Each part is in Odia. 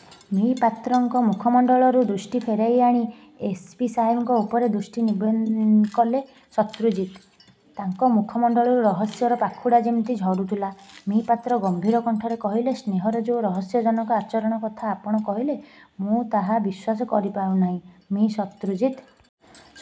' ମି: ପାତ୍ରଙ୍କ ମୁଖମଣ୍ଡଳରୁ ଦୃଷ୍ଟି ଫେରାଇଆଣି ଏସ୍. ପି. ସାହେବଙ୍କ ଉପରେ ଦୃଷ୍ଟି ନିବଦ୍ଧ କଲେ ଶତ୍ରୁଜିତ। ତାଙ୍କ ମୁଖମଣ୍ଡଳରୁ ରହସ୍ୟର ପାଖୁଡ଼ା ଯେମିତି ଝରୁଥିଲା। ମି:ପାତ୍ର ଗମ୍ଭୀର କଣ୍ଠରେ କହିଲେ, 'ସ୍ନେହର ଯୋଉ ରହସ୍ୟଜନକ ଆଚରଣ କଥା ଆପଣ କହିଲେ ମୁଁ ତାହା ବିଶ୍ୱାସ କରିପାରୁନାହିଁ, ମି:ଶତ୍ରୁଜିତ!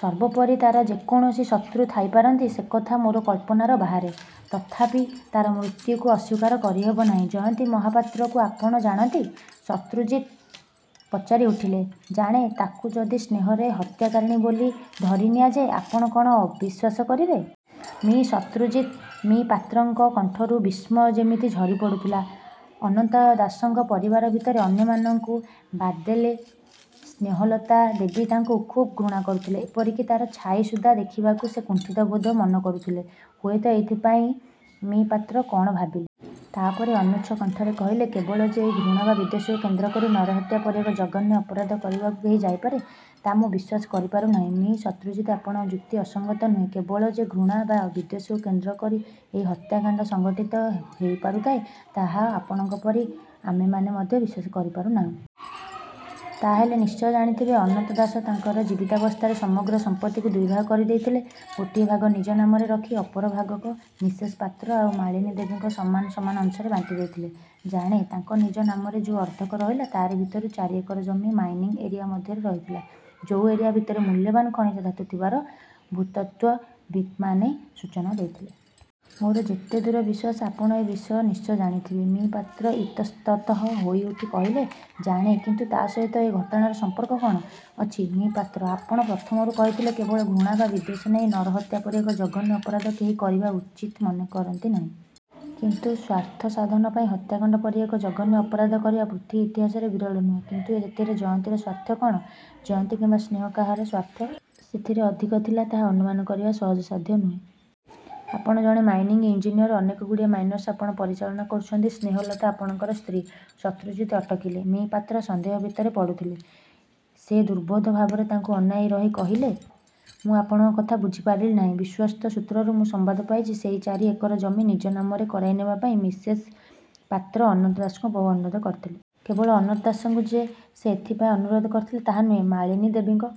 ସର୍ବୋପରି ତା'ର ଯେ କୌଣସି ଶତ୍ରୁ ଥାଇପାରନ୍ତି ସେକଥା ମୋର କଳ୍ପନାର ବାହାରେ। ତଥାପି ତା'ର ମୃତ୍ୟୁକୁ ଅସ୍ୱୀକାର କରିହେବ ନାହିଁ। ' 'ଜୟନ୍ତୀ ମହାପାତ୍ରକୁ ଆପଣ ଜାଣନ୍ତି? ' ଶତ୍ରୁଜିତ ପଚାରି ଉଠିଲେ। 'ଜାଣେ। ' 'ତାକୁ ଯଦି ସ୍ନେହର ହତ୍ୟାକାରିଣୀ ବୋଲି ଧରିନିଆଯାଏ, ଆପଣ କ'ଣ ଅବିଶ୍ୱାସ କରିବେ? 'ମି:ଶତ୍ରୁଜିତ!! 'ମି:ପାତ୍ରଙ୍କ କଣ୍ଠରୁ ବିସ୍ମୟ ଯେମିତି ଝରିପଡ଼ୁଥିଲା। 'ଅନନ୍ତ ଦାସଙ୍କ ପରିବାର ଭିତରେ ଅନ୍ୟମାନଙ୍କୁ ବାଦ୍ଦେଲେ ସ୍ନେହଲତା ଦେବୀ ତାଙ୍କୁ ଖୁବ୍ ଘୃଣା କରୁଥିଲେ। ଏପରିକି ତାର ଛାଇ ସୁଦ୍ଧା ଦେଖିବାକୁ ସେ କୁଣ୍ଠିତ ବୋଧ ମନେ କରୁଥିଲେ। ହୁଏତ ଏଇଥିପାଇଁ. ' ମି:ପାତ୍ର କଣ ଭାବିଲେ। ତା'ପରେ ଅନୁଚ୍ଚ କଣ୍ଠରେ କହିଲେ, 'କେବଳ ଯେ ଏଇ ଘୃଣା ବା ବିଦ୍ୱେଷକୁ କେନ୍ଦ୍ର କରି ନରହତ୍ୟା ପରି ଏକ ଜଘନ୍ୟ ଅପରାଧ କରିବାକୁ କେହି ଯାଇପାରେ, ତା ମୁଁ ବିଶ୍ୱାସକରି ପାରୁନାହିଁ, ମି:ଶତ୍ରୁଜିତ! ' 'ଆପଣଙ୍କ ଯୁକ୍ତି ଅସଙ୍ଗତ ନୁହେଁ। କେବଳ ଯେ ଘୃଣା ବା ବିଦ୍ୱେଷକୁ କେନ୍ଦ୍ର କରି ଏଇ ହତ୍ୟାକାଣ୍ଡ ସଂଘଟିତ ହେଇପାରିଥାଏ, ତାହା ଆପଣଙ୍କ ପରି ଆମେମାନେ ମଧ୍ୟ ବିଶ୍ୱାସ କରିପାରୁନାହିଁ। ' 'ତା'ହେଲେ? ' 'ନିଶ୍ଚୟ ଜାଣିଥିବେ, ଅନନ୍ତ ଦାସ ତାଙ୍କର ଜୀବିତାବସ୍ଥାରେ ସମଗ୍ର ସମ୍ପତ୍ତିକୁ ଦୁଇଭାଗ କରିଦେଇଥିଲେ। ଗୋଟିଏ ଭାଗ ନିଜ ନାମରେ ରଖି ଅପର ଭାଗକ ମିସେସ ପାତ୍ର ଆଉ ମାଳିନୀ ଦେବୀଙ୍କୁ ସମାନ ସମାନ ଅଂଶରେ ବାଣ୍ଟିଦେଇଥିଲେ। ' 'ଜାଣେ। ' 'ତାଙ୍କ ନିଜ ନାମରେ ଯୋଉ ଅର୍ଦ୍ଧକ ରହିଲା ତା'ରି ଭିତରୁ ଚାରି ଏକର ଜମି ମାଇନିଂ ଏରିଆ ମଧ୍ୟରେ ରହିଥିଲା, ଯୋଉ ଏରିଆ ଭିତରେ ମୂଲ୍ୟବାନ ଖଣିଜ ଧାତୁ ଥିବାର ଭୂତତ୍ତ୍ୱବିତ୍ମାନେ ସୂଚନା ଦେଇଥିଲେ। ମୋର ଯେତେ ଦୂର ବିଶ୍ୱାସ, ଆପଣ ଏ ବିଷୟ ନିଶ୍ଚୟ ଜାଣିଥିବେ। 'ମି: ପାତ୍ର ଇତସ୍ତତଃ ହୋଇଉଠି କହିଲେ,'ଜାଣେ। କିନ୍ତୁ ତା ସହିତ ଏ ଘଟଣାରେ ସଂପର୍କ କ'ଣ? ' 'ଅଛି, ମି:ପାତ୍ର! ଆପଣ ପ୍ରଥମରୁ କହିଥିଲେ, କେବଳ ଘୃଣା ବା ବିଦ୍ୱେଷ ନେଇ ନରହତ୍ୟା ପରି ଏକ ଜଘନ୍ୟ ଅପରାଧ କେହି କରିବା ଉଚିତ ମନେକରନ୍ତି ନାହିଁ। କିନ୍ତୁ ସ୍ୱାର୍ଥସାଧନ ପାଇଁ ହତ୍ୟାକାଣ୍ଡ ପରି ଏକ ଜଘନ୍ୟ ଅପରାଧ କରିବା ପୃଥିବୀ ଇତିହାସରେ ବିରଳ ନୁହେଁ। ' କିନ୍ତୁ ସେଥିରେ ଜୟନ୍ତୀର ସ୍ୱାର୍ଥ କ'ଣ? ' 'ଜୟନ୍ତୀ କିମ୍ବା ସ୍ନେହ କାହାର ସ୍ୱାର୍ଥ ସେଥିରେ ଅଧିକ ଥିଲା ତାହା ଅନୁମାନ କରିବା ସହଜସାଧ୍ୟ ନୁହେଁ। ଆପଣ ଜଣେ ମାଇନିଙ୍ଗ ଇଞ୍ଜିନିଅର। ଅନେକଗୁଡ଼ିଏ ମାଇନସ ଆପଣ ପରିଚାଳନା କରୁଛନ୍ତି। ସ୍ନେହଲତା ଆପଣଙ୍କର ସ୍ତ୍ରୀ। ' ଶତ୍ରୁଜିତ ଅଟକିଲେ। ମି:ପାତ୍ର ସନ୍ଦେହ ଭିତରେ ପଡ଼ୁଥିଲେ। ସେ ଦୁର୍ବୋଧ୍ୟ ଭାବରେ ତାଙ୍କୁ ଅନାଇ। ରହି କହିଲେ, 'ମୁଁ ଆପଣଙ୍କ କଥା ବୁଝିପାରିଲି ନାହିଁ। ' 'ବିଶ୍ୱସ୍ତ ସୂତ୍ରରୁ ମୁଁ ସମ୍ବାଦ ପାଇଛି, ସେଇ ଚାରି ଏକର ଜମି ନିଜ ନାମରେ କରାଇନେବାପାଇଁ ମିସେସେ ପାତ୍ର ଅନନ୍ତ ଦାସଙ୍କୁ ବହୁ ଅନୁରୋଧ କରିଥିଲେ। କେବଳ ଅନନ୍ତ ଦାସଙ୍କୁ ଯେ ସେ ଏଥିପାଇଁ ଅନୁରୋଧ କରିଥିଲେ ତାହା ନୁହେଁ, ମାଳିନୀ ଦେବୀଙ୍କ